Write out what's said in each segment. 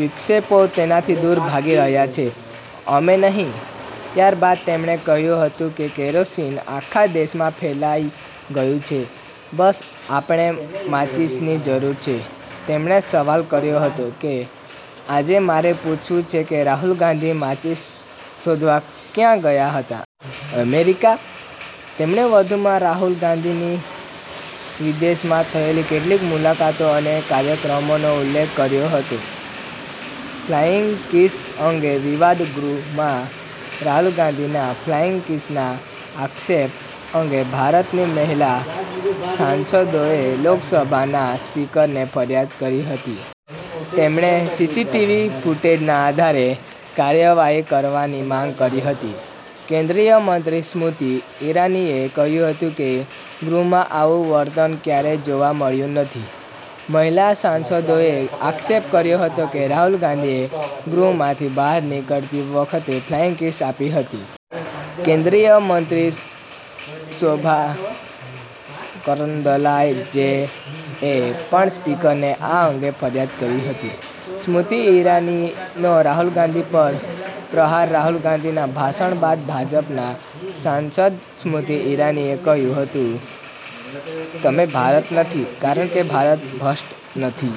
વિપક્ષો તેનાથી દૂર ભાગી રહ્યા છે, અમે નહીં. ત્યારબાદ તેમણે કહ્યું હતું કે કેરોસીન આખા દેશમાં ફેલાઈ ગયું છે, બસ આપણને માચીસની જરૂર છે. તેમણે સવાલ કર્યો હતો કે, “આજે મારે પૂછવું છે કે રાહુલ ગાંધી માચીસ શોધવા ક્યાં ગયા હતા? અમેરિકા?” તેમણે વધુમાં રાહુલ ગાંધીની વિદેશમાં થયેલી કેટલીક મુલાકાતો અને કાર્યક્રમોનો ઉલ્લેખ કર્યો હતો. ફ્લાઈંગ કિસ અંગે વિવાદ ગૃહમાં રાહુલ ગાંધીના ફ્લાઈંગ કિસના આક્ષેપ અંગે ભાજપની મહિલા સાંસદોએ લોકસભાના સ્પીકરને ફરિયાદ કરી હતી. તેમણે સીસીટીવી ફૂટેજના આધારે કાર્યવાહી કરવાની માંગ કરી હતી. કેન્દ્રીય મંત્રી સ્મૃતિ ઈરાનીએ કહ્યું હતું કે ગૃહમાં આવું વર્તન ક્યારેય જોવા મળ્યું નથી. મહિલા સાંસદોએ આક્ષેપ કર્યો હતો કે રાહુલ ગાંધીએ ગૃહમાંથી બહાર નીકળતી વખતે ફ્લાઈંગ કિસ આપી હતી. કેન્દ્રીય મંત્રી શોભા કરંદલાજેએ પણ સ્પીકરને આ અંગે ફરિયાદ કરી હતી. સ્મૃતિ ઈરાનીનો રાહુલ ગાંધી પર પ્રહાર રાહુલ ગાંધીના ભાષણ બાદ ભાજપના સાંસદ સ્મૃતિ ઈરાનીએ કહ્યું હતું, “તમે ભારત નથી, કારણ કે ભારત ભ્રષ્ટ નથી.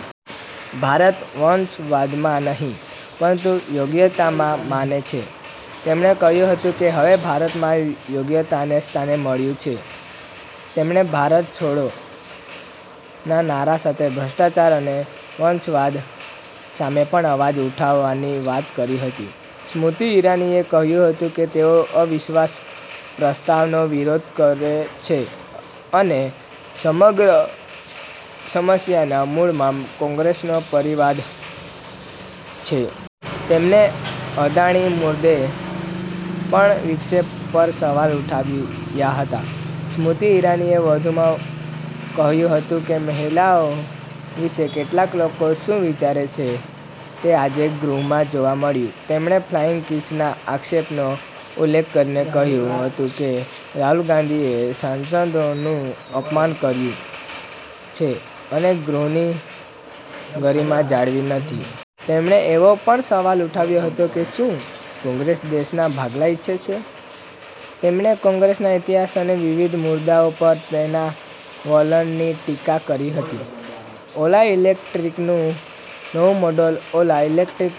ભારત વંશવાદમાં નહીં, પરંતુ યોગ્યતામાં માને છે.” તેમણે કહ્યું હતું કે હવે ભારતમાં યોગ્યતાને સ્થાન મળ્યું છે. તેમણે “ભારત છોડો”ના નારા સાથે ભ્રષ્ટાચાર અને વંશવાદ સામે પણ અવાજ ઉઠાવવાની વાત કરી હતી. સ્મૃતિ ઈરાનીએ કહ્યું હતું કે તેઓ અવિશ્વાસ પ્રસ્તાવનો વિરોધ કરે છે અને સમગ્ર સમસ્યાના મૂળમાં કોંગ્રેસનો પરિવારવાદ છે. તેમણે અદાણી મુદ્દે પણ વિપક્ષ પર સવાલ ઉઠાવ્યા હતા. સ્મૃતિ ઈરાનીએ વધુમાં કહ્યું હતું કે મહિલાઓ વિશે કેટલાક લોકો શું વિચારે છે તે આજે ગૃહમાં જોવા મળ્યું. તેમણે ફ્લાઈંગ કિસના આક્ષેપનો ઉલ્લેખ કરીને કહ્યું હતું કે રાહુલ ગાંધીએ સાંસદોનું અપમાન કર્યું છે અને ગૃહની ગરિમા જાળવી નથી. તેમણે એવો પણ સવાલ ઉઠાવ્યો હતો કે શું કોંગ્રેસ દેશના ભાગલા ઈચ્છે છે. તેમણે કોંગ્રેસના ઇતિહાસ અને વિવિધ મુદ્દાઓ પર તેના વલણની ટીકા કરી હતી. ઓલા ઈલેક્ટ્રિકનું નવું મોડલ ઓલા ઈલેક્ટ્રિક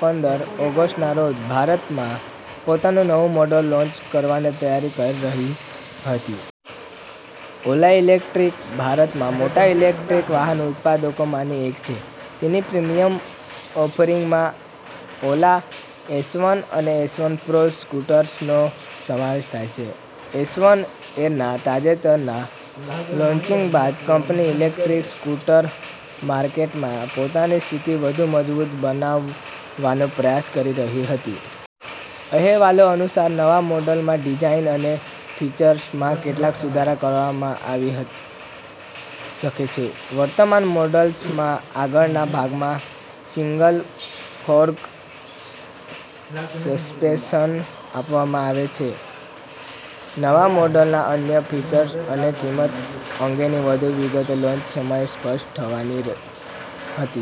પંદર ઓગસ્ટના રોજ ભારતમાં પોતાનું નવું મોડલ લોન્ચ કરવાની તૈયારી કરી રહી હતી. ઓલા ઈલેક્ટ્રિક ભારતમાં મોટા ઇલેક્ટ્રિક વાહન ઉત્પાદકોમાંની એક છે. તેની પ્રીમિયમ ઓફરિંગમાં ઓલા એસવન અને એસવન પ્રો સ્કૂટર્સનો સમાવેશ થાય છે. એસવન એરનાં તાજેતરના લોન્ચિંગ બાદ, કંપની ઇલેક્ટ્રિક સ્કૂટર માર્કેટમાં પોતાની સ્થિતિ વધુ મજબૂત બનાવવાનો પ્રયાસ કરી રહી હતી. અહેવાલો અનુસાર, નવા મોડલમાં ડિઝાઇન અને ફીચર્સમાં કેટલાક સુધારા કરવામાં આવી શકે છે. વર્તમાન મોડલ્સમાં આગળના ભાગમાં સિંગલ-ફોર્ક સસ્પેન્શન આપવામાં આવે છે. નવા મોડલના અન્ય ફીચર્સ અને કિંમત અંગેની વધુ વિગતો લોન્ચ સમયે સ્પષ્ટ થવાની હતી.